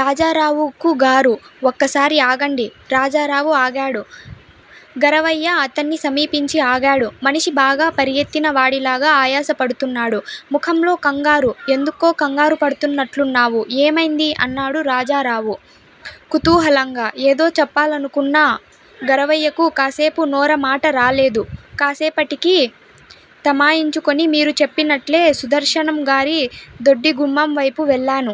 రాజారావుకుగారూ ఒక్కసారి ఆగండి రాజారావు ఆగాడు. గరవయ్య అతణ్ణి సమీపించి ఆగాడు. మనిషి బాగా పరుగెత్తిన వాడిలాగా ఆయాసపడుతున్నాడు. ముఖంలో కంగారు ఎందుకో కంగారు పడుతున్నట్లున్నావు ఏమైంది? అన్నాడు రాజారావు కుతూహలంగా. ఏదో చెప్పాలనుకున్న గరవయ్యకు కాసేపు నొరమాట రాలేదు. కాసేపటికి తమాయించుకుని మీరు చెప్పినట్లే సుదర్శనంగారి దొడ్డిగుమ్మం వైపు వెళ్ళాను.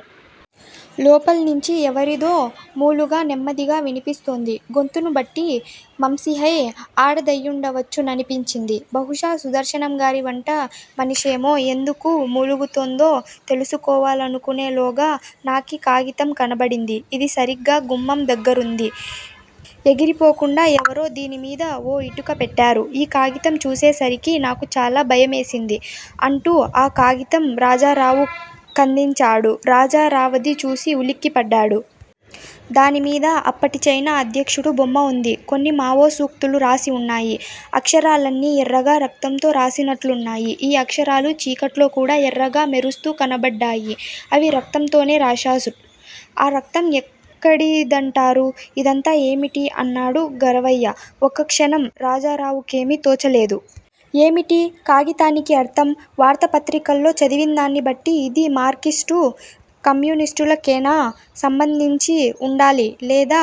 లోపల్నుంచి ఎవరిదో మూలుగ నెమ్మదిగా వినిపిస్తోంది. గొంతును బట్టి మంసైహి ఆడదయుండవచ్చుననిపించింది. బహుశా సుదర్శనంగారి వంట మనిషేమో. ఎందుకు మూలుగుతోందో తెలుసుకోవలనుకునేలోగా, నాకీ కాగితం కనబడింది. ఇది సరిగ్గా గుమ్మం దగ్గరుంది. ఎగిరి పోకుండా ఎవరో దీనిమీద ఓ ఇటిక పెట్టారు. ఈ కాగితం చూసేసరికి నాకు చాలా భయమేసింది అంటూ ఆ కాగితం రాజారావుకందించాడు రాజారావది చూసి ఉలిక్కిపడ్డాడు. దానిమీద అప్పటి చైనా అధ్యక్షుడు బొమ్మ ఉంది. కొన్ని మావోసూక్తులు రాసి ఉన్నాయి. అక్షరాలన్నీ ఎర్రగా రక్తంతో రాసినట్లున్నాయి. ఈ అక్షరాలూ చీకట్లో కూడా ఎర్రగా మెరుస్తూ కనబడ్డాయి. అవి రక్తతోనే రాశారు. ఆ రక్తం ఎక్కడిదంటారు.? ఇదంతా ఏమిటి? అన్నాడు గరవయ్య. ఒక్క క్షణం రాజారావుకేమీ తోచలేదు. ఏమిటీ కాగితానికి అర్ధం? వార్తా పత్రికల్లో చదివిందాన్ని బట్టి ఇది మార్కిస్టు కమ్యీనిష్టుల కేనా సంబంధించి ఉండాలి. లేదా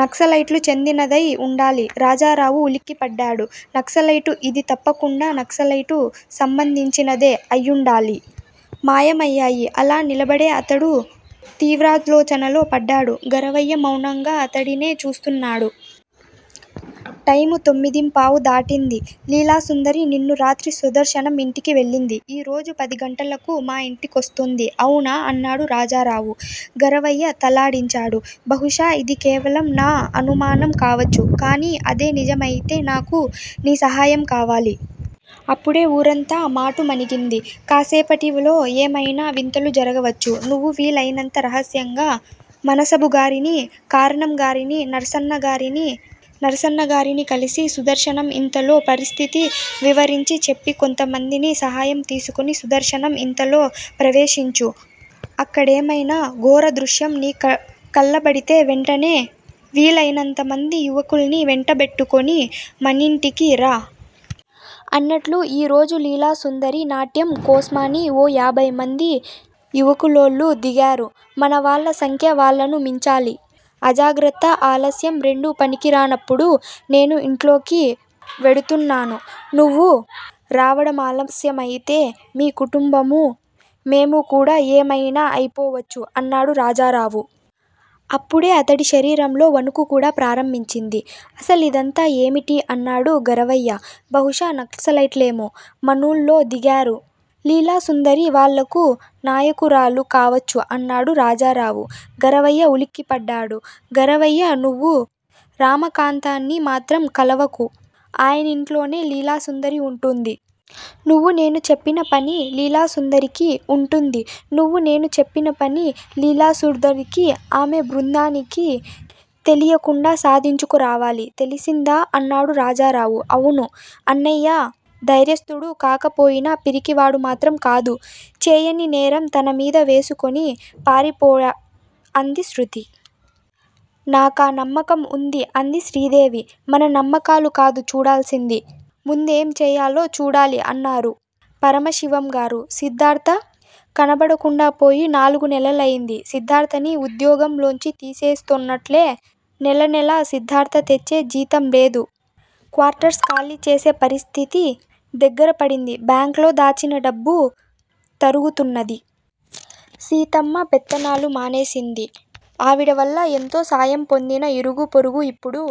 నక్సక్లైట్లు చెందినదయి ఉండాలి. రాజారావు ఉల్లిక్కిపడ్డాడు. నక్సలైటు! ఇది తప్పకుండా నక్సలైటు సంబందించినదే అయుండాలి. మాయమయ్యాయి. అలా నిలబడే అతడు తీవ్రాలోచనలో పడ్డాడు. గరవయ్య మౌనంగా అతడినే చూస్తున్నాడు. టైము తొమ్మిదింపావు దాటింది. లీలాసుందరి నిన్న రాత్రి సుదర్శనం ఇంటికి వెళ్ళింది. ఈ రోజు పది గంటలకు మా యింటికొస్తుంది అవునా? అన్నాడు రాజారావు. గరవయ్య తలాడించాడు. బహుశా ఇది కేవలం నా అనుమానం కావచ్చు. కానీ అదే నిజమయితే నాకు నీ సాహయం కావాలి. అప్పుడే ఊరంతా మాటుమణిగింది. ఇంకాసేపటిలో ఏమయినా వింతలు జరగవచ్చు. నువ్వు వీలయినంత రహస్యంగా మునసబుగారినీ, కారణంగారినీ, నర్సన్నగారినీ, నర్సన్నగారినీ కలిసి సుదర్శనం ఇంతలో పరిస్థితి వివరించి చెప్పి కొంతమందిని సాహాయం తీసుకుని సుదర్శనం ఇంతలో ప్రవేశించు. అక్కడైమైనా ఘోర దృశ్యం నీ కళ్ళబడితే వెంటనే వీలయినంతమంది యువకుల్ని వెంటబెట్టుకుని మనింటికి రా. అన్నట్లు ఈ రోజు లీలాసుందరి నాట్యం కోస్మాని ఓ యాభైమంది యువకులూళ్ళో దిగారు. మనవాళ్ళ సంఖ్య వాళ్ళను మించాలి. అజాగ్రత్త, ఆలస్యం రెండూ పనికిరానప్పుడు. నేను ఇంట్లోకి వెడుతున్నాను. నువ్వు రావడమాలస్య మయితే _ మీ కుటుంబమూ, మేమూకూడా ఏమయినా అయిపోవచ్చు _ అన్నాడు రాజారావు. అప్పుడే అతడి శరీరంలో వణుకు కూడా ప్రారంభించింది. అసలిదంతా ఏమిటి? అన్నాడు గరవయ్య. బహుశా నక్సలైట్లు మో _ మనూళ్ళో దిగారు. లీలాసుందరి వాళ్ళకు నాయుకురాలు కావచ్చు అన్నాడు రాజారావు. గరవయ్య ఉలిక్కిపడ్డాడు. గరవయ్యా _ నువ్వు రమాకాంతాన్ని మాత్రం కలవకు. ఆయనింట్లోనే లీలాసుందరి ఉంటోంది. నువ్వు నేను చెప్పిన పని లీలాసుందరికీ, ఉంటోంది. నువ్వు నేను చెప్పిన పని లీలాసుమ్దరికీ, ఆమె బృందానికీ తెలియకుండా సాధించుకు రావాలి. తెలిసిందా? అన్నాడు రాజారావు. అవును. అన్నయ్య దైర్యస్తుడు కాకపోయినా పిరికి వాడు మాత్రం కాదు. చేయని నేరం తనమీద వేసుకుని పారిపో అంది శృతి. నాకా నమ్మకం వుంది అంది శ్రీదేవి. మన నమ్మకాలు కాదు చూడాల్సింది. ముందేంచేయాలో చూడాలి అన్నారు పరమశివంగారు. సిద్దార్థ కనపడకుండాపోయి నాలుగు నెలలయింది. సిద్దార్థని ఉద్యోగంలోంచి తీసేస్తునట్లే. నెలనెలా సిద్దార్థ తెచ్చే జీతంలేదు. క్వార్టర్స్ ఖాళీ చేసే పరిస్థితి దగ్గరపడింది. బ్యాంక్ లో దాచిన డబ్బు తరుగుతున్నది. సీతమ్మ పెత్తనాలు మానేసింది. ఆవిడవల్ల ఎంతో సాయం పొందిన ఇరుగు పొరుగు ఇప్పుడు